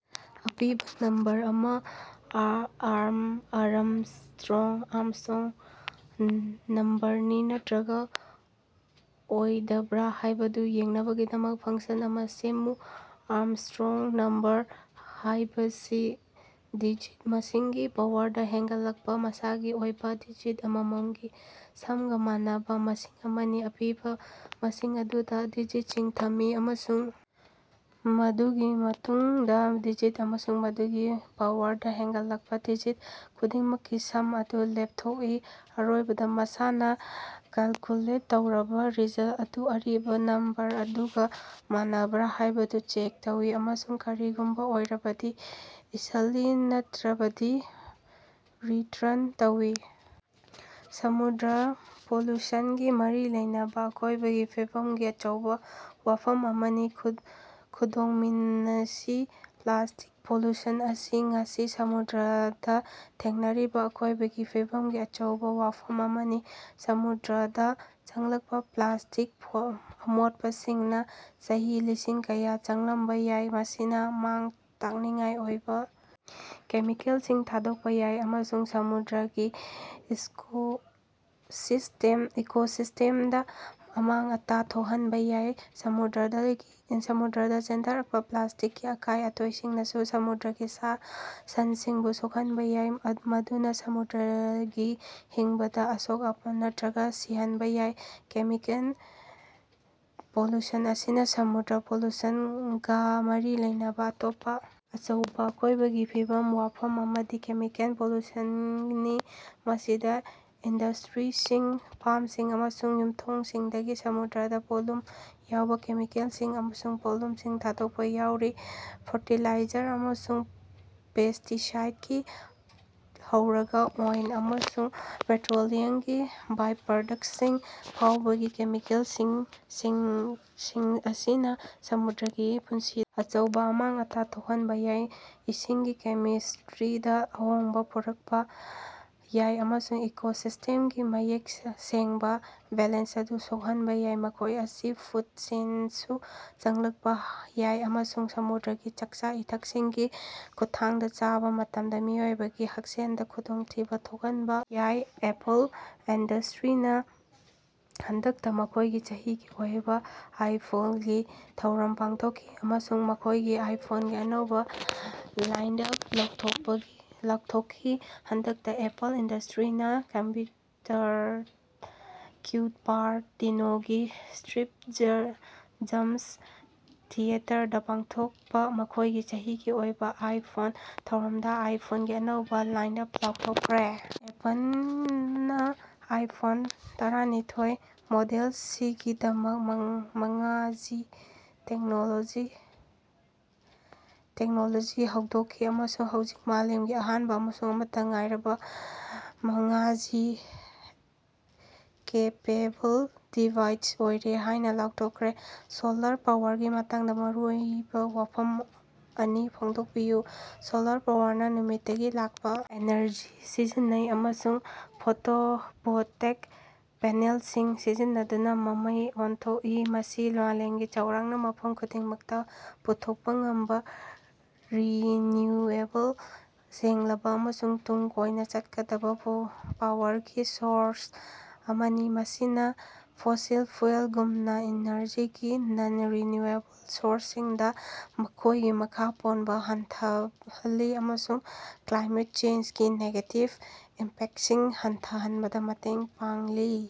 ꯑꯄꯤꯕꯥ ꯅꯝꯕꯔ ꯑꯃꯥ ꯑꯥꯔꯝꯁꯇ꯭ꯔꯣꯡ ꯅꯝꯕꯔꯅꯤ ꯅꯠꯇ꯭ꯔꯒꯥ ꯑꯣꯏꯗꯕ꯭ꯔꯥ ꯍꯥꯏꯕꯗꯨ ꯌꯦꯡꯅꯕꯒꯤꯗꯃꯛ ꯐꯪꯁꯟ ꯑꯃꯥ ꯁꯦꯝꯃꯨ꯫ ꯑꯥꯔꯝꯁꯇ꯭ꯔꯣꯡ ꯅꯝꯕꯔ ꯍꯥꯕꯁꯤ ꯗꯤꯖꯤꯠ ꯃꯁꯤꯡꯒꯤ ꯄꯥꯋꯔꯗꯥ ꯍꯦꯟꯒꯠꯂꯛꯄꯥ ꯃꯁꯥꯒꯤ ꯑꯣꯏꯕꯥ ꯗꯤꯖꯤꯠ ꯑꯃꯃꯝꯒꯤ ꯁꯝꯒꯥ ꯃꯥꯟꯅꯕꯥ ꯃꯁꯤꯡ ꯑꯃꯅꯤ꯫ ꯑꯄꯤꯕꯥ ꯃꯁꯤꯡ ꯑꯗꯨꯗꯥ ꯗꯤꯖꯤꯠꯁꯤꯡ ꯊꯝꯃꯤ ꯑꯃꯁꯨꯡ ꯃꯗꯨꯒꯤ ꯃꯇꯨꯡꯗꯥ ꯗꯤꯖꯤꯠ ꯃꯁꯤꯡ ꯑꯗꯨꯒꯤ ꯄꯥꯋꯔꯗꯥ ꯍꯦꯟꯒꯠꯂꯛꯄꯥ ꯗꯤꯖꯤꯠ ꯈꯨꯗꯤꯡꯃꯛꯀꯤ ꯁꯝ ꯑꯗꯨ ꯂꯦꯞꯊꯣꯛꯏ꯫ ꯑꯔꯣꯏꯕꯗꯥ, ꯃꯁꯤꯅꯥ ꯀꯦꯜꯀꯨꯂꯦꯠ ꯇꯧꯔꯕꯥ ꯔꯤꯖꯜ ꯑꯗꯨ ꯑꯔꯤꯕꯥ ꯅꯝꯕꯔ ꯑꯗꯨꯒꯥ ꯃꯥꯟꯅꯕ꯭ꯔꯥ ꯍꯥꯏꯕꯗꯨ ꯆꯦꯛ ꯇꯧꯏ ꯑꯃꯁꯨꯡ ꯀꯔꯤꯒꯨꯝꯕꯥ ꯑꯣꯏꯔꯕꯗꯤ ꯏꯁꯜꯂꯤ, ꯅꯠꯇ꯭ꯔꯕꯗꯤ ꯔꯤꯇ꯭ꯔꯟ ꯇꯧꯏ꯫ ꯁꯃꯨꯗ꯭ꯔ ꯄꯣꯂꯨꯁꯟꯒꯥ ꯃꯔꯤ ꯂꯩꯅꯕꯥ ꯑꯀꯣꯏꯕꯒꯤ ꯐꯤꯕꯝꯒꯤ ꯑꯆꯧꯕꯥ ꯋꯥꯐꯝ ꯑꯅꯤ ꯈꯪꯗꯣꯛꯃꯤꯅꯁꯤ꯫ ꯄ꯭ꯂꯥꯁꯇꯤꯛ ꯄꯣꯂꯨꯁꯟ ꯑꯁꯤ ꯉꯁꯤ ꯁꯃꯨꯗ꯭ꯔꯗꯥ ꯊꯦꯡꯅꯔꯤꯕꯥ ꯑꯀꯣꯏꯕꯒꯤ ꯐꯤꯕꯝꯒꯤ ꯑꯆꯧꯕꯥ ꯋꯥꯐꯝ ꯑꯃꯅꯤ꯫ ꯁꯃꯨꯗ꯭ꯔꯗꯥ ꯆꯪꯂꯛꯄꯥ ꯄ꯭ꯂꯥꯁꯇꯤꯛ ꯑꯃꯣꯠꯄꯁꯤꯡꯅꯥ ꯆꯍꯤ ꯂꯤꯁꯤꯡ ꯀꯌꯥ ꯆꯪꯂꯝꯕꯥ ꯌꯥꯏ, ꯃꯁꯤꯅꯥ ꯃꯥꯡ-ꯇꯥꯛꯅꯤꯡꯉꯥꯏ ꯑꯣꯏꯕꯥ ꯀꯦꯃꯤꯀꯦꯜꯁꯤꯡ ꯊꯥꯗꯣꯛꯄꯥ ꯌꯥꯏ ꯑꯃꯁꯨꯡ ꯁꯃꯨꯗ꯭ꯔꯒꯤ ꯏꯀꯣꯁꯤꯁꯇꯦꯝꯗꯥ ꯑꯃꯥꯡ-ꯑꯇꯥ ꯊꯣꯛꯍꯟꯕꯥ ꯌꯥꯏ꯫ ꯁꯃꯨꯗ꯭ꯔꯗꯥ ꯆꯦꯟꯊꯔꯛꯄꯥ ꯄ꯭ꯂꯥꯁꯇꯤꯛꯀꯤ ꯑꯀꯥꯏ-ꯑꯇꯣꯏꯁꯤꯡꯅꯁꯨ ꯁꯃꯨꯗ꯭ꯔꯒꯤ ꯁꯥ-ꯁꯟꯁꯤꯡꯕꯨ ꯁꯣꯛꯍꯟꯕꯥ ꯌꯥꯏ, ꯃꯗꯨꯅꯥ ꯁꯃꯨꯗ꯭ꯔꯒꯤ ꯍꯤꯡꯕꯗꯥ ꯑꯁꯣꯛ-ꯑꯄꯟ ꯅꯠꯇ꯭ꯔꯒꯥ ꯁꯤꯍꯟꯕꯥ ꯌꯥꯏ꯫ ꯀꯦꯃꯤꯀꯦꯜ ꯄꯣꯂꯨꯁꯟ ꯑꯁꯤꯅ ꯁꯃꯨꯗ꯭ꯔ ꯄꯣꯂꯨꯁꯟ ꯒꯥ ꯃꯔꯤ ꯂꯩꯅꯕꯥ ꯑꯇꯣꯞꯄꯥ ꯑꯆꯧꯕꯥ ꯑꯀꯣꯏꯕꯒꯤ ꯐꯤꯕꯝꯒꯤ ꯋꯥꯐꯝ ꯑꯃꯗꯤ ꯀꯦꯃꯤꯀꯦꯜ ꯄꯣꯂꯨꯁꯟꯅꯤ, ꯃꯁꯤꯗꯥ ꯏꯟꯗꯁꯇ꯭ꯔꯤꯁꯤꯡ, ꯐꯥꯝꯁꯤꯡ ꯑꯃꯁꯨꯡ ꯌꯨꯝꯊꯣꯡꯁꯤꯡꯗꯒꯤ ꯁꯃꯨꯗ꯭ꯔꯗꯥ ꯄꯣꯠꯂꯨꯝ ꯌꯥꯎꯕꯥ ꯀꯦꯃꯤꯀꯦꯜꯁꯤꯡ ꯑꯃꯁꯨꯡ ꯄꯣꯠꯂꯝꯁꯤꯡ ꯊꯥꯗꯣꯛꯄꯥ ꯌꯥꯎꯔꯤ꯫ ꯐꯔꯇꯤꯂꯥꯏꯖꯔ ꯑꯃꯁꯨꯡ ꯄꯦꯁꯇꯤꯁꯥꯏꯠꯀꯤ ꯍꯧꯔꯒꯥ ꯑꯣꯏꯜ ꯑꯃꯁꯨꯡ ꯄꯦꯇ꯭ꯔꯣꯂꯤꯌꯝꯒꯤ ꯕꯥꯏꯄ꯭ꯔꯗꯛꯁꯁꯤꯡ ꯐꯥꯎꯕꯒꯤ ꯀꯦꯃꯤꯀꯦꯜꯁꯤꯡ ꯑꯁꯤꯅꯥ ꯁꯃꯨꯗ꯭ꯔꯒꯤ ꯄꯨꯟꯁꯤ ꯑꯆꯧꯕꯥ ꯑꯃꯥꯡ-ꯑꯇꯥ ꯊꯣꯛꯍꯟꯕꯥ ꯌꯥꯏ, ꯏꯁꯤꯡꯒꯤ ꯀꯦꯃꯤꯁꯇ꯭ꯔꯤꯗꯥ ꯑꯍꯣꯡꯕꯥ ꯄꯨꯔꯛꯄꯥ ꯌꯥꯏ ꯑꯃꯁꯨꯡ ꯏꯀꯣꯁꯤꯁꯇꯦꯝꯒꯤ ꯃꯌꯦꯛ ꯁꯦꯡꯕꯥ ꯕꯦꯂꯦꯟꯁ ꯑꯗꯨ ꯁꯣꯛꯍꯟꯕꯥ ꯌꯥꯏ꯫ ꯃꯈꯣꯏ ꯑꯁꯤ ꯐꯨꯠ ꯆꯦꯟꯗꯁꯨ ꯆꯪꯂꯛꯄꯥ ꯌꯥꯏ ꯑꯃꯁꯨꯡ ꯁꯃꯨꯗ꯭ꯔꯒꯤ ꯆꯥꯛꯆꯥ-ꯏꯊꯛꯁꯤꯡꯒꯤ ꯈꯨꯠꯊꯥꯡꯗꯥ ꯆꯥꯕꯥ ꯃꯇꯝꯗꯥ ꯃꯤꯑꯣꯏꯕꯒꯤ ꯍꯛꯁꯦꯜꯗꯥ ꯈꯨꯗꯣꯡꯊꯤꯕꯥ ꯊꯣꯛꯍꯟꯕꯥ ꯌꯥꯏ꯫ ꯑꯦꯄꯜ ꯏꯟꯗꯁꯇ꯭ꯔꯤꯅꯥ ꯍꯟꯗꯛꯇꯥ ꯃꯈꯣꯏꯒꯤ ꯆꯍꯤꯒꯤ ꯑꯣꯏꯕꯥ ꯑꯥꯏꯐꯣꯟꯒꯤ ꯊꯧꯔꯝ ꯄꯥꯡꯊꯣꯛꯈꯤ ꯑꯃꯁꯨꯡ ꯃꯈꯣꯏꯒꯤ ꯑꯥꯏꯐꯣꯟꯒꯤ ꯑꯅꯧꯕꯥ ꯂꯥꯏꯟꯑꯞ ꯂꯥꯎꯊꯣꯛꯈꯤ꯫ ꯍꯟꯗꯛꯇꯥ ꯑꯦꯄꯜ ꯏꯟꯗꯁꯇ꯭ꯔꯤꯅꯥ ꯀ꯭ꯌꯨꯄꯥꯔꯇꯤꯅꯣꯒꯤ ꯁ꯭ꯇꯤꯞ ꯖꯞꯁ ꯊꯤꯌꯦꯇꯔꯗꯥ ꯄꯥꯡꯊꯣꯛꯄꯥ ꯃꯈꯣꯏꯒꯤ ꯆꯍꯤꯒꯤ ꯑꯣꯏꯕꯥ ꯑꯥꯏꯐꯣꯟ ꯊꯧꯔꯝꯗꯥ ꯑꯥꯏꯐꯣꯟꯒꯤ ꯑꯅꯧꯕꯥ ꯂꯥꯏꯟꯑꯞ ꯂꯥꯎꯊꯣꯛꯈ꯭ꯔꯦ꯫ ꯑꯦꯄꯜꯅꯥ ꯑꯥꯏꯐꯣꯟ ꯇꯔꯥꯅꯤꯊꯣꯏ ꯃꯣꯗꯦꯜꯁꯤꯡꯒꯤꯗꯃꯛ ꯃꯉꯥ ꯖꯤ ꯇꯦꯛꯅꯣꯂꯣꯖꯤ ꯍꯧꯗꯣꯛꯈꯤ ꯑꯃꯁꯨꯡ ꯍꯧꯖꯤꯛ ꯃꯥꯂꯦꯝꯒꯤ ꯑꯍꯥꯟꯕꯥ ꯑꯃꯁꯨꯡ ꯑꯃꯠꯇꯥ ꯉꯥꯏꯔꯕꯥ ꯃꯉꯥ ꯖꯤ ꯀꯦꯄꯦꯕꯜ ꯗꯤꯚꯥꯏꯁ ꯑꯣꯏꯔꯦ ꯍꯥꯏꯅꯥ ꯂꯥꯎꯊꯣꯛꯈꯤ꯫ ꯁꯣꯂꯥꯔ ꯄꯥꯋꯔꯒꯤ ꯃꯇꯥꯡꯗꯥ ꯃꯔꯨꯑꯣꯏꯕꯥ ꯋꯥꯐꯝ ꯑꯅꯤ ꯐꯣꯡꯗꯣꯛꯄꯤꯌꯨ꯫ ꯁꯣꯂꯥꯔ ꯄꯥꯋꯔꯅꯥ ꯅꯨꯃꯤꯠꯇꯒꯤ ꯂꯥꯛꯄꯥ ꯏꯅꯔꯖꯤ ꯁꯤꯖꯤꯟꯅꯩ ꯑꯃꯁꯨꯡ ꯐꯣꯇꯣꯚꯣꯜꯇꯦꯛ ꯄꯦꯅꯦꯜꯁꯤꯡ ꯁꯤꯖꯤꯟꯅꯗꯨꯅꯥ ꯃꯩꯗꯥ ꯑꯣꯟꯊꯣꯛꯏ꯫ ꯃꯁꯤ ꯃꯥꯂꯦꯝꯒꯤ ꯆꯥꯎꯔꯥꯛꯅꯥ ꯃꯐꯝ ꯈꯨꯗꯤꯡꯃꯛꯇꯥ ꯄꯨꯊꯣꯛꯄꯥ ꯉꯝꯕꯥ ꯔꯤꯅ꯭ꯌꯨꯑꯦꯕꯜ, ꯁꯦꯡꯂꯕꯥ ꯑꯃꯁꯨꯡ ꯇꯨꯡ ꯀꯣꯏꯅꯥ ꯆꯠꯀꯗꯕꯥ ꯄꯥꯋꯔꯒꯤ ꯁꯣꯔꯁ ꯑꯃꯅꯤ, ꯃꯁꯤꯅꯥ ꯐꯣꯁꯤꯜ ꯐ꯭ꯌꯨꯑꯦꯜꯒꯨꯝꯕꯥ ꯏꯅꯔꯖꯤꯒꯤ ꯅꯟ-ꯔꯤꯅ꯭ꯌꯨꯑꯦꯕꯜ ꯁꯣꯔꯁꯁꯤꯡꯗꯥ ꯑꯩꯈꯣꯏꯒꯤ ꯃꯈꯥ ꯄꯣꯟꯕꯥ ꯍꯟꯊꯍꯜꯂꯤ ꯑꯃꯁꯨꯡ ꯀ꯭ꯂꯥꯏꯃꯦꯠ ꯆꯦꯟꯖꯒꯤ ꯅꯦꯒꯦꯇꯤꯕ ꯏꯝꯄꯦꯛꯁꯤꯡ ꯍꯟꯊꯍꯟꯕꯗꯥ ꯃꯇꯦꯡ ꯄꯥꯡꯂꯤ꯫